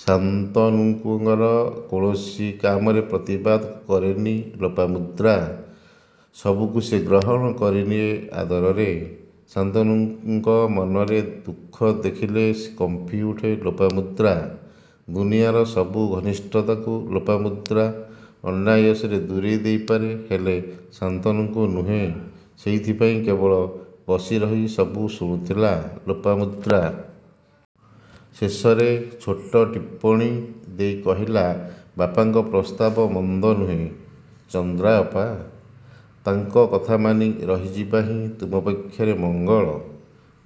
ଶାନ୍ତନୁଙ୍କର କୌଣସି କାମର ପ୍ରତିବାଦ କରେନି ଲୋପାମୁଦ୍ରା। ସବୁକୁ ସେ ଗ୍ରହଣ କରିନିଏ ଆଦରରେ। ଶାନ୍ତନୁଙ୍କ ମନରେ ଦୁଃଖ ଦେଖିଲେ କମ୍ପିଉଠେ ଲୋପାମୁଦ୍ରା। ଦୁନିଆଁର ସବୁ ଘନିଷ୍ଠତାକୁ ଲୋପାମୁଦ୍ରା ଅନାୟାସରେ ଦୂରେଇ ଦେଇପାରେ ହେଲେ ଶାନ୍ତନୁଙ୍କୁ ନୁହେଁ। ସେଇଥିପାଇଁ କେବଳ ବସିରହି ସବୁ ଶୁଣୁଥିଲା ଲୋପାମୁଦ୍ରା। ଶେଷରେ ଛୋଟ ଟିପ୍ପଣୀ ଦେଇ କହିଲା ବାପାଙ୍କ ପ୍ରସ୍ତାବ ମନ୍ଦ ନୁହେଁ ଚନ୍ଦ୍ରାଅପା! ତାଙ୍କ କଥା ମାନି ରହିଯିବା ହିଁ ତୁମ ପକ୍ଷରେ ମଙ୍ଗଳ।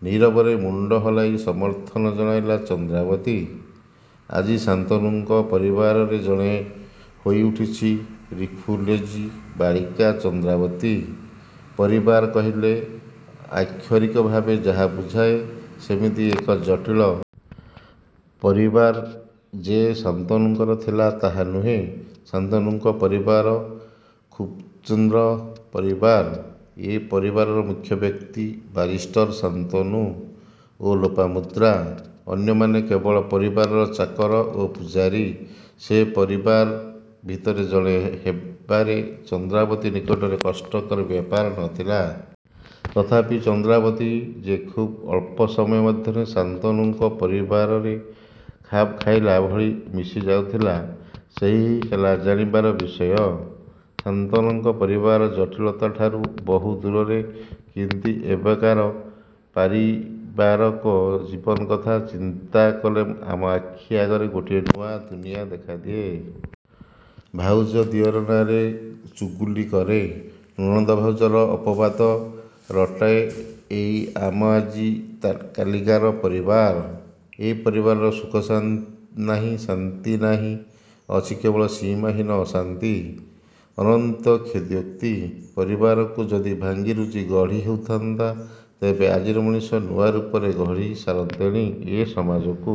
ନୀରବରେ ମୁଣ୍ତ ହଲାଇ ସମର୍ଥନ ଜଣାଇଲା ଚନ୍ଦ୍ରାବତୀ। ଆଜି ଶାନ୍ତନୁଙ୍କ ପରିବାରରେ ଜଣେ ହୋଇଉଠିଛି ରିଫୁଲଜି ବାଳିକା ଚନ୍ଦ୍ରାବତୀ। ପରିବାର କହିଲେ ଆକ୍ଷରିକ ଭାବେ ଯାହା ବୁଝାଏ ସେମିତି ଏକ ଜଟିଳ। ପରିବାର ଯେ ଶାନ୍ତନୁଙ୍କର ଥିଲା ତାହା ନୁହେଁ। ଶାନ୍ତନୁଙ୍କ ପରିବାର ଖୁବ୍କ୍ଷୁଦ୍ର ପରିବାର। ଏ ପରିବାରର ମୁଖ୍ୟ ବ୍ୟକ୍ତି ବାରିଷ୍ଟର ଶାନ୍ତନୁ ଓ ଲୋପାମୁଦ୍ରା। ଅନ୍ୟମାନେ କେବଳ ପରିବାରର ଚାକର ଓ ପୂଝାରୀ। ସେ ପରିବାର ଭିତରେ ଜଣେ ହେବାରେ ଚନ୍ଦ୍ରାବତୀ ନିକଟରେ କଷ୍ଟକର ବ୍ୟାପାର ନ ଥିଲା। ତଥାପି ଚନ୍ଦ୍ରାବତୀ ଯେ ଖୁବ୍ଅଳ୍ପ ସମୟ ମଧ୍ୟରେ ଶାନ୍ତନୁଙ୍କ ପରିବାରରେ ଖାପଖାଇଲା ଭଳି ମିଶି ଯାଇଥିଲା ସେହି ହେଲା ଜାଣିବାର ବିଷୟ। ଶାନ୍ତନଙ୍କ ପରିବାର ଜଟିଳତାଠାରୁ ବହୁ ଦୂରରେ କିନ୍ତି ଏବେକାର ପାରିବାରାକ ଜୀବନ କଥା ଚିନ୍ତା କଲେ ଆମ ଆଖି ଆଗରେ ଗୋଟିଏ ନୂଆ ଦୁନିଆଁ ଦେଖାଦିଏ। ଭାଉଜ ଦିଅର ନାଁରେ ଚୁଗୁଲି କରେ। ନଣନ୍ଦ ଭାଉଜର ଅପବାଦ ରଟାଏ ଏଇ ଆମ ଆଜି କାଲିକାର ପରିବାର। ଏ ପରିବାରରେ ସୁଖ ନାହିଁ ଶାନ୍ତି ନାହିଁ ଅଛି କବଳ ସୀମାହୀନ ଅଶାନ୍ତି। ଅନନ୍ତ କ୍ଷେଦୋକ୍ତି। ପରିବାରକୁ ଯଦି ଭାଙ୍ଗି ରୁଜି ଗଢି ହେଉଥାନ୍ତା ତେବେ ଆଜିର ମଣିଷ ନୂଆ ରୂପରେ ଗଢି ସାରନ୍ତେଣି ଏ ସମାଜକୁ।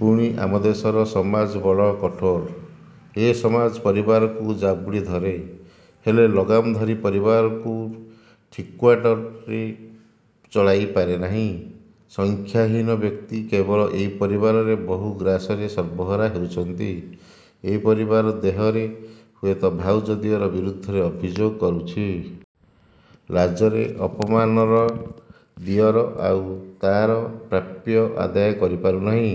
ପୁଣି ଆମ ଦେଶର ସମାଜ ବଡ କଠୋର। ଏ ସମାଜ ପରିବାରକୁ ଜାବୁଡ଼ି ଧରେ। ହେଲେ ଲଗାମ ଧରି ପରିବାରକୁ ଠିକ୍ବାଟରେ ଚଳାଇ ପାରେନାହିଁ। ସଂଖ୍ୟାହୀନ ବ୍ୟକ୍ତି କେବଳ ଏଇ ପରିବାରର ବହୁ ଗ୍ରାସରେ ସର୍ବହରା ହେଉଛନ୍ତି। ଏ ପରିବାର ଦେହରେ ହୁଏତ ଭାଉଜ ଦିଅର ବିରୁଦ୍ଧରେ ଅଭିଯୋଗ କରୁଛି। ଲାଜରେ ଅପମାନରେ ଦିଅର ଆଉ ତା'ର ପ୍ରାପ୍ୟ ଆଦାୟ କରି ପାରୁନାହିଁ।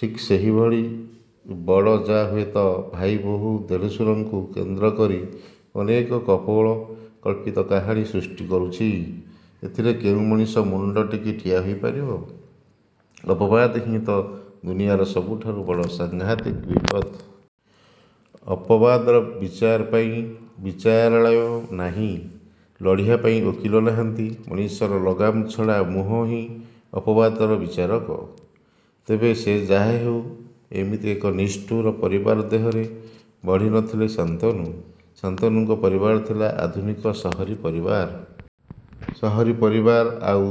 ଠିକ୍ସେହିଭଳି ବଡ଼ ଜା ହୁଏତ ଭାଇବୋହୂ ଦେଢ଼ଶୁରଙ୍କୁ କେନ୍ଦ୍ରକରି ଅନେକ କପୋଳ କଳ୍ପିତ କାହାଣୀ ସୃଷ୍ଟି କରୁଛି। ଏଥିରେ କେଉଁ ମଣିଷ ମୁଣ୍ତ ଟେକି ଠିଆ ହୋଇ ପାରିବ? ଅପବାଦ ହିଁ ତ ଦୁନିଆଁର ସବୁଠାରୁ ବଡ଼ ସାଂଘାତିକ ବିପଦ। ଅପବାଦର ବିଚାର ପାଇଁ ବିଚାରାଳୟ ନାହିଁ। ଲଢ଼ିବା ପାଇଁ ଓକିଲ ନାହାନ୍ତି ମଣିଷର ଲଗାମ୍ ଛଡ଼ା ମୁହଁ ହିଁ ଅପବାଦର ବିଚାରକ। ତେବେ ସେ ଯାହାହେଉ ଏମିତି ଏକ ନିଷ୍ଠୁର ପରିବାର ଦେହରେ ବଢ଼ି ନ ଥିଲେ ଶାନ୍ତନୁ। ଶାନ୍ତନୁଙ୍କ ପରିବାର ଥିଲା ଆଧୁନିକ ସହରୀ ପରିବାର। ସହରୀ ପରିବାର ଆଉ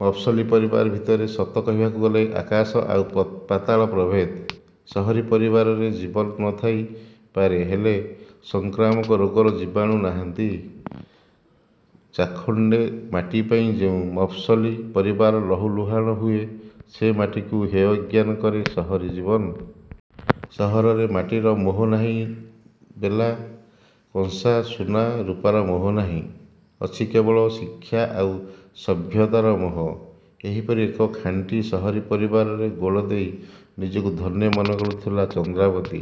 ମଫସଲୀ ପରିବାର ଭିତରେ ସତ କହିବାକୁ ଗଲେ ଆକାଶ ଆଉ ପାତାଳ ପ୍ରଭେଦ। ସହରୀ ପରିବାରରେ ଜୀବନ ନ ଥାଇ ପାରେ ହେଲେ ସଂକ୍ରାମକ ରୋଗର ଜୀବାଣୁ ନାହାଁନ୍ତି। ଚାଖଣ୍ତେ ମାଟିପାଇଁ ଯେଉଁ ମଫସଲୀ ପରିବାର ଲହୁ ଲୁହାଣ ହୁଏ ସେ ମାଟିକୁ ହେୟଜ୍ଞାନ କରେ ସହରୀ ଜୀବନ। ସହରରେ ମାଟିର ମୋହ ନାହିଁ ବେଲା, କଂସା, ସୁନା, ରୂପାର ମୋହ ନାହିଁ। ଅଛି କେବଳ ଶିକ୍ଷା ଆଉ ସଭ୍ୟତାର ମୋହ। ଏହିପରି ଏକ ଖାଣ୍ଟି ସହରୀ ପରିବାରରେ ଗୋଡ଼ ଦେଇ ନିଜକୁ ଧନ୍ୟ ମନେ କରୁଥିଲା ଚନ୍ଦ୍ରାବତୀ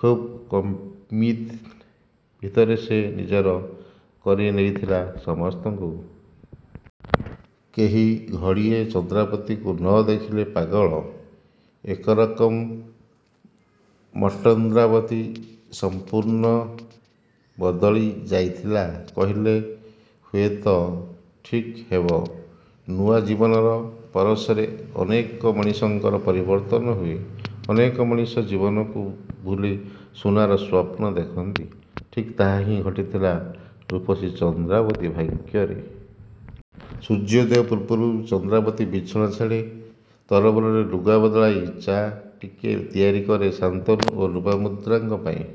ଖୁବ୍ କମ୍ଦିନ ଭିତରେ ସେ ନିଜର କରି ନେଇଥିଲା ସମସ୍ତଙ୍କୁ। କେହି ଘଡ଼ିଏ ଚନ୍ଦ୍ରାବତୀକୁ ନ ଦେଖିଲେ ପାଗଳ। ଏକରକମ୍ଚନ୍ଦ୍ରାବତୀ ସମ୍ପୂର୍ଣ୍ଣ ବଦଳି ଯାଇଥିଲା କହିଲେ ହୁଏତ ଠିକ୍ ହେବ। ନୂଆ ଜୀବନର ପରଶରେ ଅନେକ ମଣିଷଙ୍କର ପରିବର୍ତ୍ତନ ହୁଏ। ଅନେକ ମଣିଷ ଜୀବନକୁ ଭୁଲି ସୁନାର ସ୍ୱପ୍ନ ଦେଖନ୍ତି। ଠିକ୍ ତାହା ହିଁ ଘଟିଥିଲା ରୂପସୀ ଚନ୍ଦ୍ରାବତୀ ଭାଗ୍ୟରେ। ସୂର୍ଯ୍ୟୋଦୟ ପୂର୍ବରୁ ଚନ୍ଦ୍ରାବତୀ ବିଛଣା ଛାଡ଼େ। ତରବରରେ ଲୁଗା ବଦଳାଇ ଚା' ଟିକେ ତିଆରି କରେ ଶାନ୍ତନୁ ଓ ଲୋପାମୁଦ୍ରାଙ୍କ ପାଇଁ।